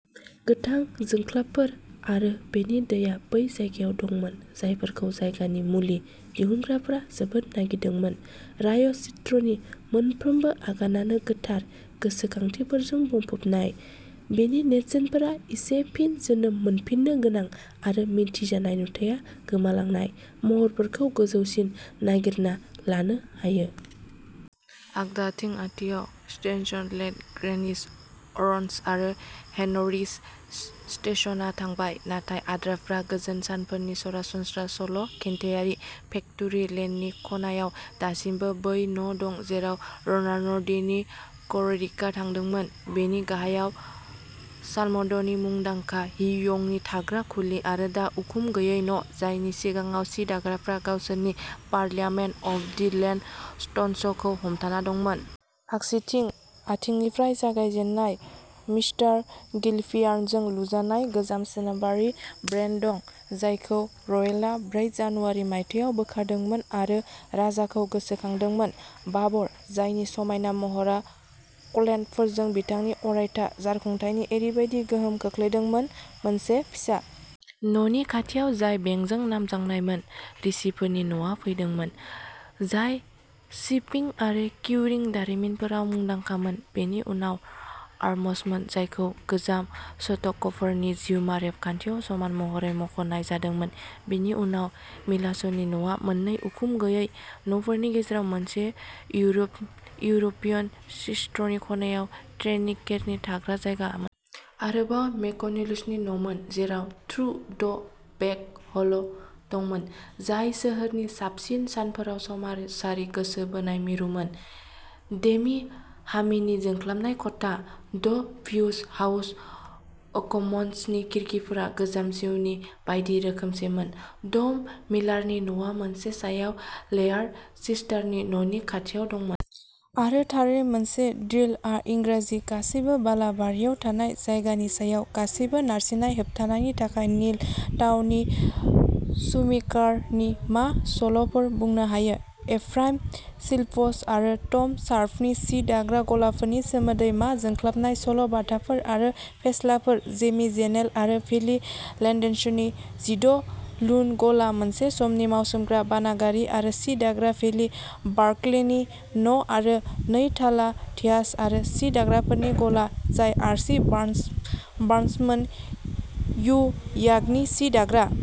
गोथां जोंख्लाबफोर आरो बेनि दैया बै जायगायाव दंमोन जायफोरखौ जायगानि मुलि दिहुनग्राफोरा जोबोद नागिरदोंमोन। रायज स्ट्रिटनि मोनफ्रोमबो आगानानो गोथार गोसोखांथिफोरजों बुंफबनाय। बेनि नेरसोनफोरा एसे फिन जोनोम मोनफिननो गोनां आरो मिथिजानाय नुथाया गोमालांनाय महरफोरखौ गोजौसिम नागिरना लानो हायो। आगदाथिं आथिंआव स्ट्रेन्ज’स लेन्ड ग्रैनिस अर’स आरो हेनरि'स स्टेप्स आ थांबाय। नाथाय आद्राफोरा गोजोन सानफोरनि सरासनस्रा सल'खिन्थायो। फेक्टरि लेननि खनायाव दासिमबो बै न'दं जेराव र'नाल्ड दि क्लेरिकआ थादोंमोन। बेनि गाहायाव साल्म'डिनि मुंदांखा हिउ यंगनि थाग्रा खुलि आरो दा उखुम गैयै न' जायनि सिगाङाव सि दाग्राफोरा गावसोरनि parliament of the plain stones खौ हमथाना दंमोन। आगसिथिं आथिंनिफ्राय जागायजेननाय मिस्टार गिलफिलानजों लुजानाय गोजाम सोनाबारि बेन्ड दं। जायखौ रयेला ब्रै जानुवारि मायथाइयाव बोखारदोंमोन आरो राजाखौ गोसोखांहोदोंमोन। बार्बर जायनि समायना महरआ क'लेन्ट फोरखौ बिथांनि अरायथा जारखुंथायनि ओरैबादि गोहोम खोख्लैदोंमोन। मोनसे फिसा न'नि खाथियाव जाय बेंकजों नांजाबनायमोन, रिचिफोरनि न'आ फैदोंमोन, जाय शिपिं आरो किउरिं दारिमिनफोराव मुंदांखामोन बिनि उनाव आर्मर्समोन जायखौ गोजाम सल्टक'टफोरनि जिउमा रेबगान्थियाव समान महरै मुंख'नाय जादोंमोन बेनि उनाव मिलार्सनि न'आ मोननै उखुम गैयै न'फोरनि गेजेराव मोनसे इउरप इउरपियान स्ट्रिटनि खनायाव डेनि केरनि थाग्रा जायगामोन। आरोबाव मेककिलप्सनि न'मोन। जेराव थ्रु द बेक ह'ल दंमोन, जाय सोहोरनि साबसिन सानफोराव समाजारि गोसो बोनाय मिरुमोन। डेभि हाभिनि जोंख्लाबनाय खथा। द भिवर्स हाउस अ'कमन्स नि खिरखिफोरा गोजाम जिउनि बायदि रोखोमसेमोन। टम मिलारनि न'आ बेनि सायाव लेयार्ड स्टिराटनि न'नि खाथियाव दंमोन। आरो थारैनो मोनसे डिट मा इंराजि गासैबो बालाबारियाव नाथाय जायगानि सायाव गासैबो नारसिननाय होबथानायनि थाखाय निल डाउनि शुमेकार नि मा सल'फोर बुंनो हायो। एफ्राइम स्पियर्स आरो टम शार्पनि सि दाग्रा गलाफोरनि सोमोन्दै मा जोंख्लाबनाय सल'बाथाफोर आरो फेस्लाफोर जेमि जेमेल आरो भिलि लेनलेन्डसनि जिद' लुम गला मोनसे समनि मावसोमग्रा बागानारि आरो सि दाग्रा भिलि बार्कलेनि न’आरो नै थाला थ्याच आरो सि दाग्राफोरनि गला जाय आर्ची बार्न्स बार्न्समोन हयु यांगनि सि दाग्रा।